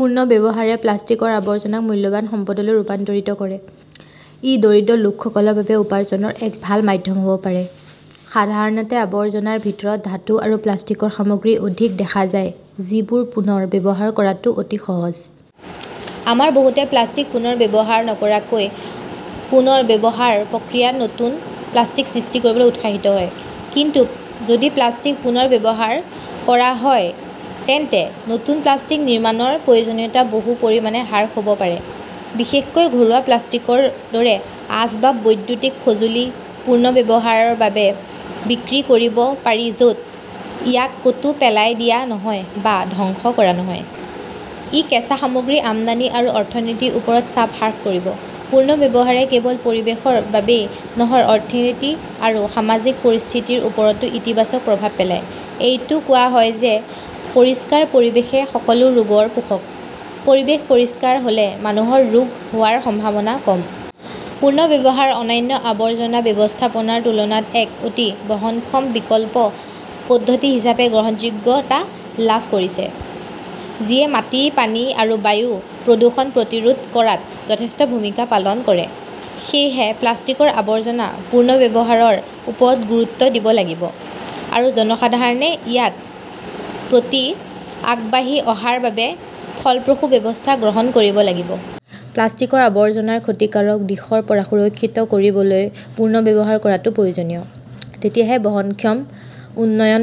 পুনৰ্ব্যৱহাৰে প্লাষ্টিকৰ আৱৰ্জনাক মূল্যৱান সম্পদলৈ ৰূপান্তৰিত কৰে। ই দৰিদ্ৰ লোকসকলৰ বাবে উপাৰ্জনৰ এক ভাল মাধ্যম হ'ব পাৰে। সাধাৰণতে আৱৰ্জনাৰ ভিতৰত ধাতু আৰু প্লাষ্টিকৰ সামগ্ৰী অধিক দেখা যায়, যিবোৰ পুনৰ ব্যৱহাৰ কৰাটো অতি সহজ। আমাৰ বহুতে প্লাষ্টিক পুনৰ ব্যৱহাৰ নকৰাকৈ পুনৰ ব্যৱহাৰ প্ৰক্ৰিয়াত নতুন প্লাষ্টিক সৃষ্টি কৰিবলৈ উৎসাহিত হয়। কিন্তু যদি প্লাষ্টিক পুনৰ ব্যৱহাৰ কৰা হয়, তেন্তে নতুন প্লাষ্টিক নিৰ্মাণৰ প্ৰয়োজনীয়তা বহু পৰিমাণে হ্ৰাস হ 'ব পাৰে। বিশেষকৈ ঘৰুৱা প্লাষ্টিকৰ দৰে আচবাব, বৈদ্যুতিক সঁজুলি পুনৰ্ব্যৱহাৰৰ বাবে বিক্ৰী কৰিব পাৰি য 'ত ইয়াক ক'তো পেলাই দিয়া নহয় বা ধ্বংস কৰা নহয়। ই কেঁচা সামগ্ৰীৰ আমদানি আৰু অৰ্থনীতিৰ ওপৰত চাপ হ্ৰাস কৰিব। পুনৰ্ব্যৱহাৰে কেৱল পৰিৱেশৰ বাবেই নহয়, অৰ্থনীতি আৰু সামাজিক পৰিস্থিতিৰ ওপৰতো ইতিবাচক প্ৰভাৱ পেলায়। এইটো কোৱা হয় যে, পৰিষ্কাৰ পৰিৱেশ সকলো ৰোগৰ পোষক। পৰিৱেশ পৰিষ্কাৰ হ'লে মানুহৰ ৰোগ হোৱাৰ সম্ভাৱনা কম। পুনৰ্ব্যৱহাৰে অন্যান্য আৱৰ্জনা ব্যৱস্থাপনাৰ তুলনাত এক অতি বহনক্ষম বিকল্প পদ্ধতি হিচাপে গ্ৰহণযোগ্যতা লাভ কৰিছে যিয়ে মাটি, পানী আৰু বায়ু প্ৰদূষণ প্ৰতিৰোধ কৰাত যথেষ্ট ভূমিকা পালন কৰে। সেয়েহে প্লাষ্টিকৰ আৱৰ্জনা পুনৰ্ব্যৱহাৰৰ ওপৰত গুৰুত্ব দিব লাগিব আৰু জনসাধাৰণে ইয়াৰ প্ৰতি আগবাঢ়ি অহাৰ বাবে ফলপ্ৰসূ ব্যৱস্থা গ্ৰহণ কৰিব লাগিব। প্লাষ্টিকৰ আৱৰ্জনাৰ ক্ষতিকাৰক দিশৰ পৰা সুৰক্ষিত কৰিবলৈ পুনৰ্ব্যৱহাৰ কৰাটো প্ৰয়োজনীয়। তেতিয়াহে বহনক্ষম উন্নয়ন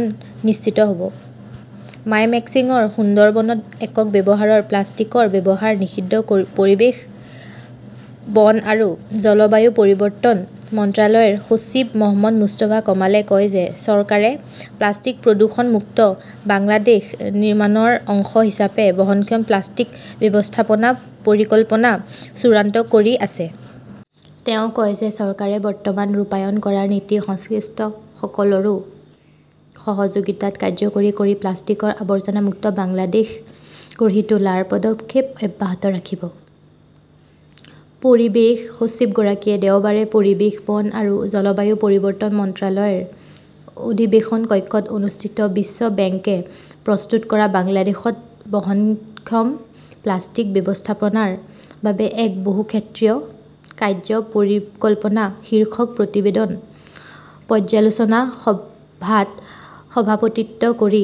নিশ্চিত হ'ব। মাইমেন্সিং সুন্দৰবনত একক ব্যৱহাৰৰ প্লাষ্টিকৰ ব্যৱহাৰ নিষিদ্ধ পৰিৱেশ, বন আৰু জলবায়ু পৰিৱৰ্তন মন্ত্ৰালয়ৰ সচিব মহম্মদ মুস্তাফা কামালে কয় যে, চৰকাৰে প্লাষ্টিক প্ৰদূষণ মুক্ত বাংলাদেশ নিৰ্মাণৰ অংশ হিচাপে বহনক্ষম প্লাষ্টিক ব্যৱস্থাপনা পৰিকল্পনা চূড়ান্ত কৰি আছে। তেওঁ কয় যে চৰকাৰে বৰ্তমান ৰূপায়ণ কৰাৰ নীতি সংশ্লিষ্ট সকলোৰে সহযোগিতাত কাৰ্যকৰী কৰি প্লাষ্টিকৰ আৱৰ্জনা মুক্ত বাংলাদেশ গঢ়ি তোলাৰ পদক্ষেপ অব্যাহত ৰাখিব। পৰিৱেশ সচিবগৰাকীয়ে দেওবাৰে পৰিৱেশ, বন আৰু জলবায়ু পৰিৱৰ্তন মন্ত্ৰালয়ৰ অধিৱেশন কক্ষত অনুষ্ঠিত বিশ্ব বেংকে প্ৰস্তুত কৰা বাংলাদেশত বহনক্ষম প্লাষ্টিক ব্যৱস্থাপনাৰ বাবে এক বহুক্ষেত্ৰীয় কাৰ্য্য পৰিকল্পনা শীৰ্ষক প্ৰতিবেদন পৰ্যালোচনা সভাত সভাপতিত্ব কৰি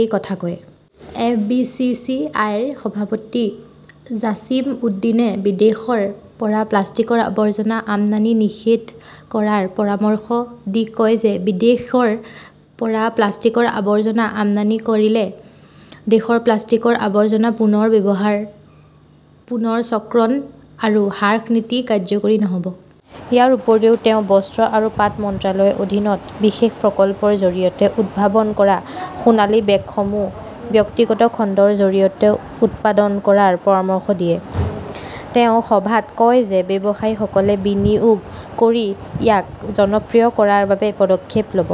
এই কথা কয়। F. B. C. C. I. ৰ সভাপতি জাছিম উদ্দীনে বিদেশৰ পৰা প্লাষ্টিকৰ আৱৰ্জনা আমদানি নিষিদ্ধ কৰাৰ পৰামৰ্শ দি কয় যে, বিদেশৰ পৰা প্লাষ্টিকৰ আৱৰ্জনা আমদানি কৰিলে দেশৰ প্লাষ্টিকৰ আৱৰ্জনা পুনৰ ব্যৱহাৰ, পুনৰচক্ৰণ আৰু হ্ৰাসৰ নীতি কাৰ্যকৰী নহ'ব। ইয়াৰ উপৰিও তেওঁ বস্ত্ৰ আৰু পাট মন্ত্ৰালয়ৰ অধীনত বিশেষ প্ৰকল্পৰ জৰিয়তে উদ্ভাৱন কৰা সোণালী বেগসমূহ ব্যক্তিগত খণ্ডৰ জৰিয়তে উৎপাদন কৰাৰ পৰামৰ্শ দিয়ে। তেওঁ সভাত কয় যে, ব্যৱসায়ীসকলে বিনিয়োগ কৰি ইয়াক জনপ্ৰিয় কৰাৰ বাবে পদক্ষেপ ল'ব।